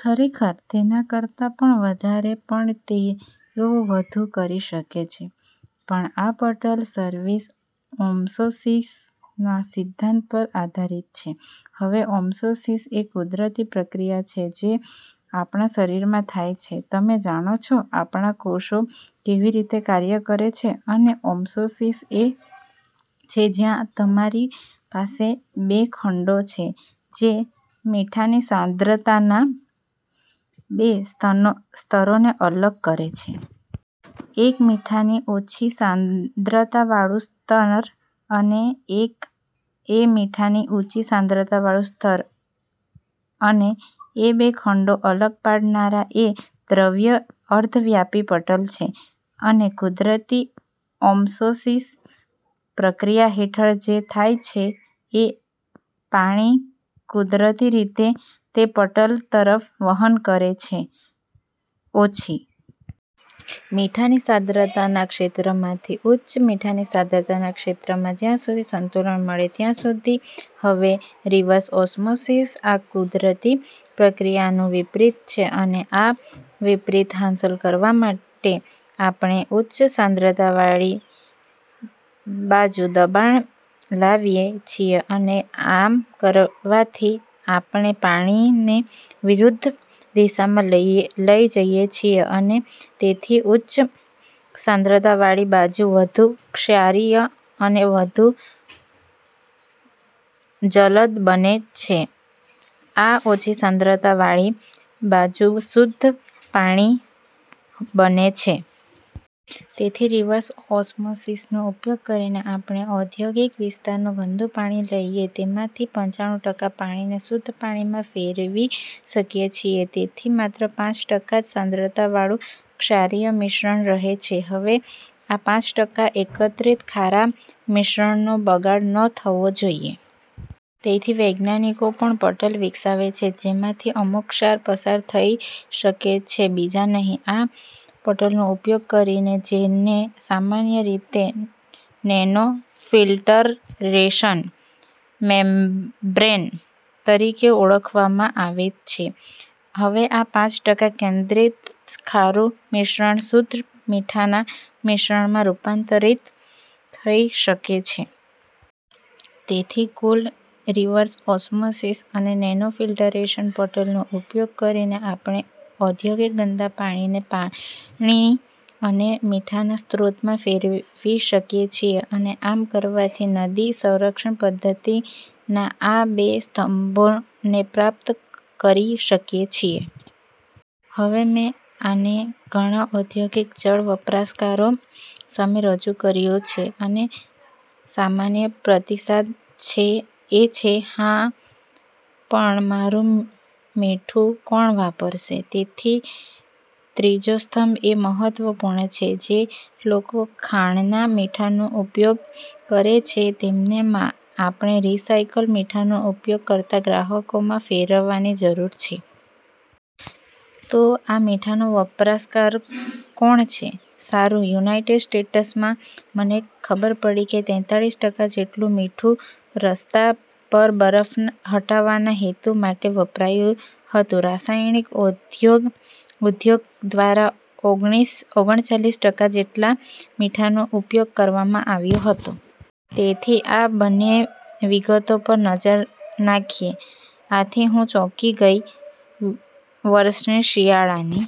ખરેખર, તેના કરતા પણ વધારે. પણ તેઓ વધુ કરી શકે છે. આ પટલ રિવર્સ ઓસ્મોસિસના સિદ્ધાંત પર આધારિત છે. હવે ઓસ્મોસિસ એ એક કુદરતી પ્રક્રિયા છે જે આપણા શરીરમાં થાય છે. તમે જાણો છો, આપણાં કોષો કેવી રીતે કાર્ય કરે છે અને ઓસ્મોસિસ એ છે જ્યાં તમારી પાસે બે ખંડો છે, જે મીઠાની સાંદ્રતાના બે સ્તરોને અલગ કરે છે. એક મીઠાની ઓછી સાંદ્રતાવાળુ સ્તર અને એક એ મીઠાની ઉંચી સાંદ્રતાવાળુ સ્તર અને બે ખંડોને અલગ પાડનાર એ અર્ધવ્યાપી પટલ છે.અને કુદરતી ઓસ્મોસિસ પ્રક્રિયા હેઠળ, જે થાય છે એ પાણી કુદરતી રીતે તે પટલ તરફ વહન કરે છે .ઓછી મીઠાની સાંદ્રતાના ક્ષેત્રમાંથી ઉચ્ચ મીઠાની સાંદ્રતાના ક્ષેત્રમાં, જ્યાં સુધી સંતુલન મળે ત્યાં સુધી. હવે રિવર્સ ઓસ્મોસિસ, આ કુદરતી પ્રક્રિયાનું વિપરીત છે અને આ વિપરીત હાંસલ કરવા માટે, આપણે ઉચ્ચ સાંદ્વતાવાળી બાજુ દબાણ લાવીએ છીએ અને આમ કરવાથી, આપણે પાણીને વિરુદ્ધ દિશામાં લઈ જઈએ છીએ અને તેથી ઉચ્ચ સાંદ્રતાવાળી બાજુ વધુ ક્ષારીય અને વધુ જલદ બને છે, અને ઓછી સાંદ્રતાવાળી બાજુ શુદ્ધ પાણી બને છે. તેથી રિવર્સ ઓસ્મોસિસનો ઉપયોગ કરીને આપણે ઔદ્યોગિક વિસ્તારનું ગંદુ પાણી લઈને તેમાંથી પંચાણું ટકા પાણીને શુદ્ધ પાણીમાં ફેરવી શકીએ છીએ, જેથી માત્ર પાંચ ટકા જ સાંદ્રતાવાળુ ક્ષારીય મિશ્રણ રહે છે. હવે, આ પાંચ ટકા એકત્રિત ખારા મિશ્રણનો બગાડ ન થવો જોઈએ. તેથી વૈજ્ઞાનિકો પણ પટલ વિકસાવે છે, જેમાંથી અમુક ક્ષાર પસાર થઈ શકે છે બીજા નહીં. આ પટલનો ઉપયોગ કરીને, જેને સામાન્ય રીતે નેનોફિલ્ટરેશન મેમ્બ્રેન તરીકે ઓળખવામાં આવે છે, હવે આ પાંચ ટકા કેન્દ્રિત ખારું મિશ્રણ શુદ્ધ મીઠાના મિશ્રણમાં રૂપાંતરિત થઈ શકે છે. તેથી કુલ રિવર્સ ઓસ્મોસિસ અને નેનોફિલ્ટરેશન પટલનો ઉપયોગ કરીને, આપણે ઔદ્યોગિક ગંદા પાણીને પાણી અને મીઠાના સ્રોતમાં ફેરવી શકીએ છીએ અને આમ કરવાથી, નદી સંરક્ષણ પદ્ધતિના આ બે સ્તંભોને પ્રાપ્ત કરી શકીએ છીએ. હવે, મેં આને ઘણા ઔદ્યોગિક જળ વપરાશકારો સામે રજૂ કર્યું છે અને સામાન્ય પ્રતિસાદ એ છે, "હા, પણ મારું મીઠું કોણ વાપરશે? " તેથી ત્રીજો સ્તંભ એ મહત્વપૂર્ણ છે, જે લોકો ખાણના મીઠાનો ઉપયોગ કરે છે તેમને આપણે રીસાઈકલ મીઠાનો ઉપયોગ કરતાં ગ્રાહકોમાં ફેરવવાની જરૂર છે. તો આ મીઠાના વપરાશકારો કોણ છે? સારું, યુનાઇટેડ સ્ટેટ્સમાં, મને ખબર પડી કે તેંતાળીસ ટકા જેટલું મીઠું, રસ્તા પરના બરફ હટાવવાના હેતુ માટે વપરાયું હતું. રાસાયણિક ઉદ્યોગ દ્વારા ઓગણચાળીસ ટકા જેટલા મીઠાનો ઉપયોગ કરવામાં આવ્યો હતો. તેથી આ બંને વિગતો પર નજર નાખીએ. આથી, હું ચોંકી ગઈ વર્ષની શિયાળાની